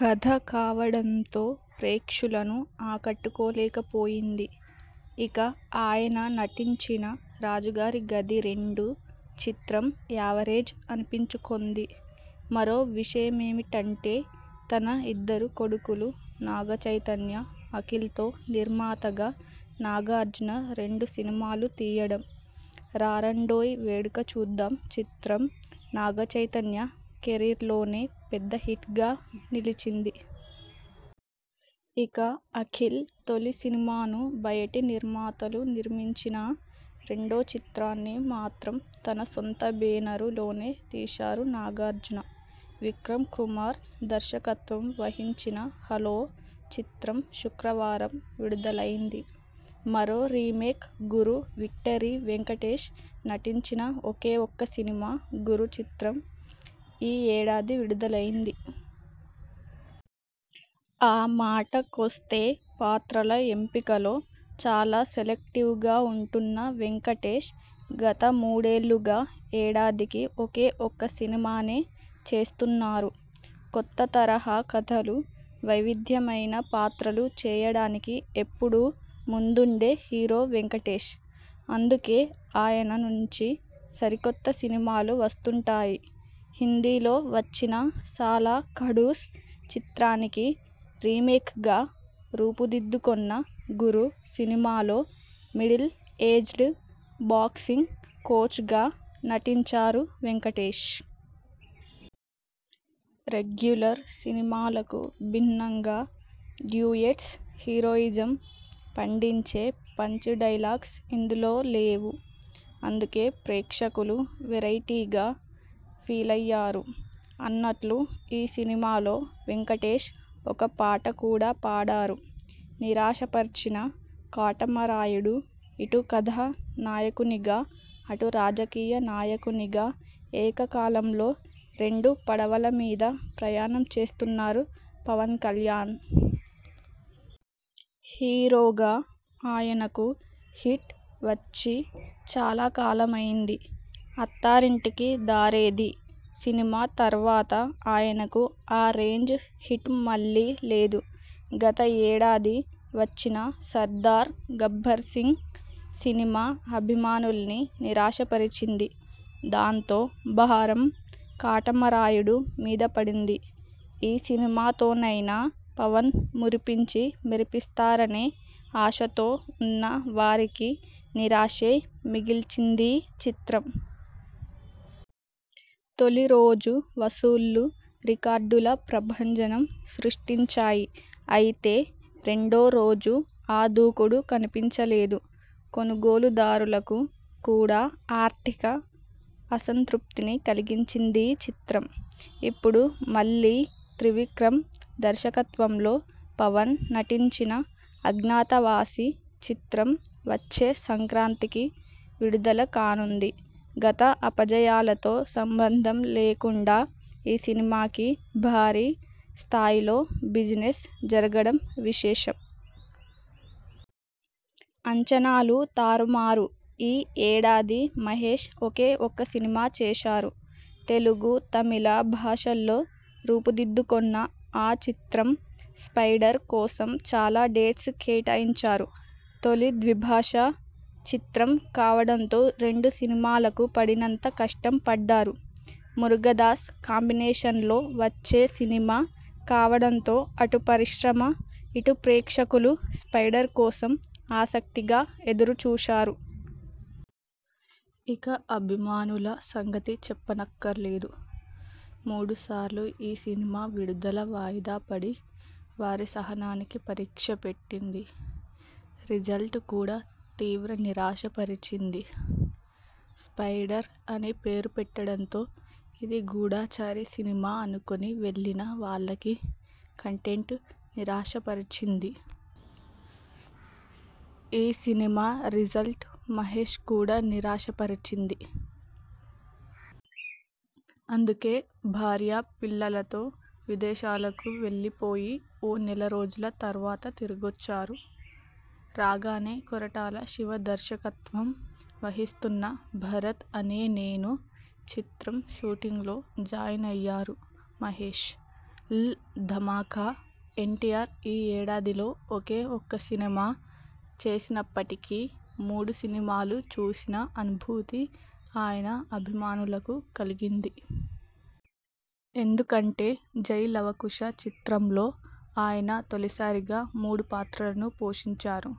కథ కావడంతో ప్రేక్షులను ఆకట్టుకోలేకపోయింది. ఇక ఆయన నటించిన 'రాజుగారి గది రెండు' చిత్రం యావరేజ్ అనిపించుకొంది. మరో విషయమేమిటంటే తన ఇద్దరు కొడుకులు నాగచైతన్య, అఖిల్తో నిర్మాతగా నాగార్జున రెండు సినిమాలు తీయడం. 'రారండోయ్ వేడుక చూద్దాం' చిత్రం నాగచైతన్య కెరీర్లోనే పెద్ద హిట్గా నిలిచింది. ఇక అఖిల్ తొలి సినిమాను బయటి నిర్మాతలు నిర్మించినా, రెండో చిత్రాన్ని మాత్రం తన సొంత బేనరు లోనే తీశారు నాగార్జున. విక్రమ్ కుమార్ దర్శకత్వం వహించిన 'హలో' చిత్రం శుక్రవారం విడుదలైంది. మరో రీమేక్ 'గురు'విక్టరీ వెంకటేశ్ నటించిన ఒకే ఒక్క సినిమా 'గురు' చిత్రం ఈ ఏడాది విడుదలైంది. ఆ మాట కొస్తే పాత్రల ఎంపికలో చాలా సెలెక్టివ్గా ఉంటున్న వెంకటేశ్ గత మూడేళ్లుగా ఏడాదికి ఒకే ఒక్క సినిమానే చేస్తున్నారు. కొత్త తరహా కథలు, వైవిధ్యమైన పాత్రలు చేయడానికి ఎప్పుడూ ముందుండే హీరో వెంకటేశ్. అందుకే ఆయన నుంచి సరికొత్త సినిమాలు వస్తుంటాయి. హిందీలో వచ్చిన 'సాలా ఖడూస్' చిత్రానికి రీమేక్గా రూపుదిద్దుకొన్న 'గురు' సినిమాలో మిడిల్ ఏజ్డ్ బాక్సింగ్ కోచ్గా నటించారు వెంకటేశ్. రెగ్యులర్ సినిమాలకు భిన్నంగా డ్యూయెట్స్, హీరోయిజం పండించే పంచ్ డైలాగ్స్ ఇందులో లేవు. అందుకే ప్రేక్షకులు వెరైటీగా ఫీలయ్యారు. అన్నట్లు ఈ సినిమాలో వెంకటేశ్ ఒక పాట కూడా పాడారు. నిరాశపర్చిన 'కాటమరాయుడు'ఇటు కథా నాయకునిగా, అటు రాజకీయ నాయకునిగా ఏక కాలంలో రెండు పడవల మీద ప్రయాణం చేస్తున్నారు పవన్కల్యాణ్. హీరోగా ఆయనకు హిట్ వచ్చి చాలా కాలమైంది. 'అత్తారింటికి దారేది' సినిమా తర్వాత ఆయనకు ఆ రేంజ్ హిట్ మళ్లీ లేదు. గత ఏడాది వచ్చిన 'సర్దార్ గబ్బర్సింగ్' సినిమా అభిమానుల్ని నిరాశపరిచింది. దాంతో భారం 'కాటమరాయుడు' మీద పడింది. ఈ సినిమాతోనైనా పవన్ మురిపించి మెరిపిస్తారనే ఆశతో ఉన్న వారికి నిరాశే మిగిల్చిందీ చిత్రం. తొలి రోజు వసూళ్లు రికార్డుల ప్రభంజనం సృష్టించాయి. అయితే రెండో రోజు ఆ దూకుడు కనిపించలేదు. కొనుగోలుదారులకు కూడా ఆర్ఠిక అసంతృప్తిని కలిగించిందీ చిత్రం. ఇప్పుడు మళ్లీ త్రివిక్రమ్ దర్శకత్వంలో పవన్ నటించిన 'అజ్ఞాతవాసి' చిత్రం వచ్చే సంక్రాంతికి విడుదల కానుంది. గత అపజయాలతో సంబంధం లేకుండా ఈ సినిమాకి భారీ స్థాయిలో బిజినెస్ జరగడం విశేషం. అంచనాలు తారుమారు ఈ ఏడాది మహేశ్ ఒకే ఒక్క సినిమా చేశారు. తెలుగు, తమిళ భాషల్లో రూపుదిద్దుకొన్న ఆ చిత్రం 'స్పైడర్' కోసం చాలా డేట్స్ కేటాయించారు. తొలి ద్విభాషా చిత్రం కావడంతో రెండు సినిమాలకు పడినంత కష్టం పడ్డారు. మురుగదాస్ కాంబినేషన్లో వచ్చే సినిమా కావడంతో అటు పరిశ్రమ, ఇటు ప్రేక్షకులు 'స్పైడర్' కోసం ఆసక్తిగా ఎదురుచూశారు. ఇక అభిమానుల సంగతి చెప్పనక్కర్లేదు. మూడు సార్లు ఈ సినిమా విడుదల వాయిదా పడి వారి సహనానికి పరీక్ష పెట్టింది. రిజల్ట్ కూడా తీవ్రనిరాశ పరిచింది. 'స్పైడర్' అని పేరు పెట్టడంతో ఇది గూఢచారి సినిమా అనుకొని వెళ్లిన వాళ్లకి కంటెంట్ నిరాశపరిచింది. ఈ సినిమా రిజల్ట్ మహేశ్ కూడా నిరాశపరిచింది. అందుకే భార్యా పిల్లలతో విదేశాలకు వెళ్లి పోయి ఓ నెల రోజుల తర్వాత తిరిగొచ్చారు. రాగానే కొరటాల శివ దర్శకత్వం వహిస్తున్న 'భరత్ అనే నేను' చిత్రం షూటింగ్లో జాయిన్ అయ్యారు మహేశ్. ల్ ధమాకా! ఎన్టీఆర్ ఈ ఏడాదిలో ఒకే ఒక్క సినిమా చేసినప్పటికీ మూడు సినిమాలు చూసిన అనుభూతి ఆయన అభిమానులకు కలిగింది. ఎందుకంటే 'జై లవకుశ' చిత్రంలో ఆయన తొలిసారిగా మూడు పాత్రలను పోషించారు.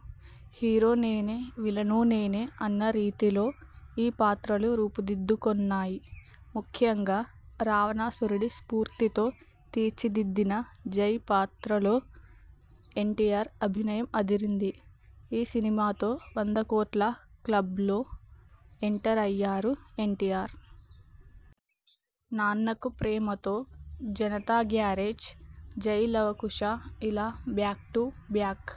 'హీరో నేనే విలనూ నేనే' అన్న రీతిలో ఈ పాత్రలు రూపుదిద్దుకొన్నాయి. ముఖ్యంగా రావణాసురుడి స్ఫూర్త్తితో తీర్చిదిద్దిన 'జై' పాత్రలో ఎన్టీఆర్ అభినయం అదిరింది. ఈ సినిమాతో వంద కోట్ల క్లబ్లో ఎంటర్ అయ్యారు ఎన్టీఆర్. 'నాన్నకు ప్రేమతో', 'జనతా గ్యారేజ్', 'జై లవకుశ' ఇలా బ్యాక్ టు బ్యాక్